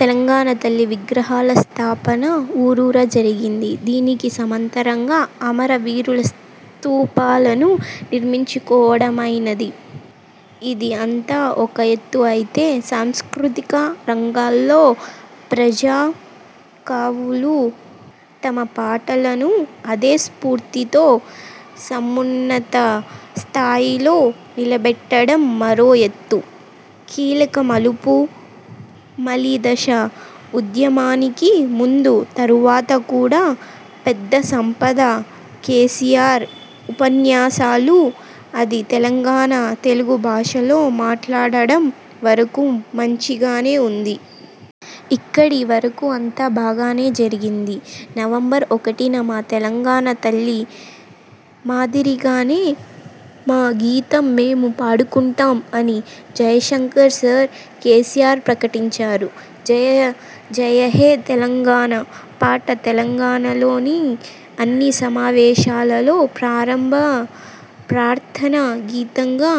తెలంగాణ తల్లి విగ్రహాల స్థాపన ఊరూరా జరిగింది. దీనికి సమాంతరంగా అమర వీరుల స్థూపాలను నిర్మించుకోవడమైనది. ఇది అంతా ఒక ఎత్తు అయితే సాంస్కృతిక రంగంలో ప్రజా కవులు తమ పాటలను అదే స్ఫూర్తితో సమున్నత స్థాయిలో నిలబెట్టడం మరో ఎత్తు. కీలక మలుపు. మలిదశ ఉద్యమానికి ముందూ తరువాత కూడా పెద్ద సంపద కేసీఆర్ ఉపన్యాసాలు అదీ తెలంగాణ తెలుగు భాషలో మాట్లాడడం వరకు మంచి గానే వుంది. ఇక్కడి వరకు అంతా బాగానే జరిగింది. నవంబర్ ఒకటిన మా తెలంగాణ తల్లి మాదిరిగానే మా గీతం మేమే పాడుకుంటాం అని జయశంకర్ సార్, కేసీఆర్ ప్రకటించారు. 'జయ జయహే తెలంగాణ' పాట తెలంగాణలోని అన్ని సమావేశాలలో ప్రారంభ ప్రార్థన గీతంగా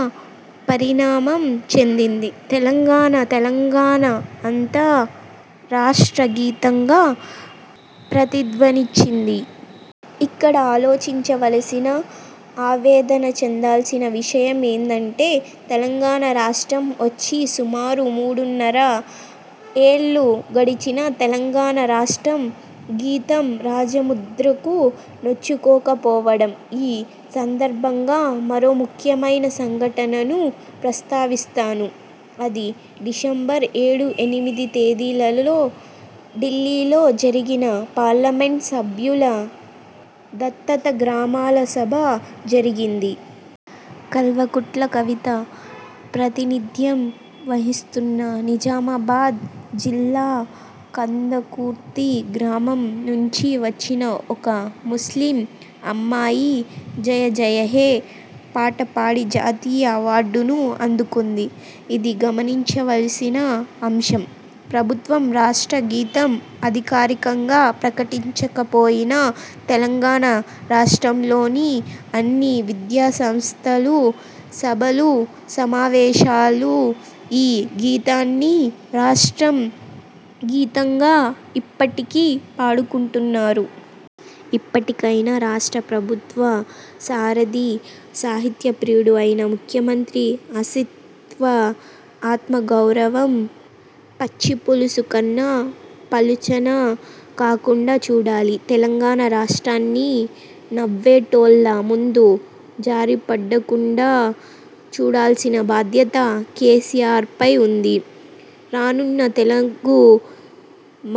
పరిణామం చెందింది. తెలంగాణ తెలంగాణ అంతా రాష్ట్ర గీతంగా ప్రతిధ్వనించింది. ఇక్కడ ఆలోచించవలసిన, ఆవేదన చెందాల్సిన విషయం ఏదంటే తెలంగాణ రాష్ట్రం వచ్చి సుమారు మూడున్నర ఏండ్లు గడిచినా తెలంగాణ రాష్ట్ర గీతం రాజముద్రకు నోచుకోక పోవడం. ఈ సందర్భంగా మరో ముఖ్యమైన సంఘటనను ప్రస్తావిస్తాను. అది డిసెంబర్ ఏడు, ఎనిమిది తేదీలలో ఢిల్లీలో జరిగిన పార్లమెంట్ సభ్యుల దత్తత గ్రామాల సభ జరిగింది. కల్వకుంట్ల కవిత ప్రాతినిధ్యం వహిస్తున్న నిజామాబాద్ జిల్లా కందకుర్తి గ్రామం నుంచి వచ్చిన ఒక ముస్లిం అమ్మాయి 'జయ జయహే' పాట పాడి జాతీయ అవార్డును అందుకుంది. ఇది గమనించవలసిన అంశం. ప్రభుత్వం రాష్ట్ర గీతం అధికారికంగా ప్రకటించకపోయినా తెలంగాణ రాష్ట్రంలోని అన్ని విద్యాసంస్థలు, సభలు, సమావేశాలు ఈ గీతాన్ని రాష్ట్ర గీతంగా ఇప్పటికీ పాడుకుంటున్నారు. ఇప్పటికైనా రాష్ట్ర ప్రభుత్వ సారథి, సాహితీ ప్రియుడు అయిన ముఖ్యమంత్రి అస్తిత్వ ఆత్మ గౌరవం పచ్చిపులుసు కన్నా పలుచన కాకుండా చూడాలి. తెలంగాణ రాష్ట్రాన్ని 'నవ్వేటోల్ల ముందు జారిపడకుండా' చూడాల్సిన బాధ్యత కేసీఆర్పై వుంది. రానున్న తెలుగు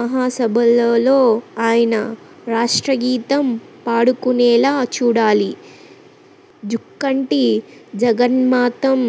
మహాసభలలో అయినా రాష్ట్రగీతం పాడుకునేలా చూడాలి. జూకంటి జగన్నాథం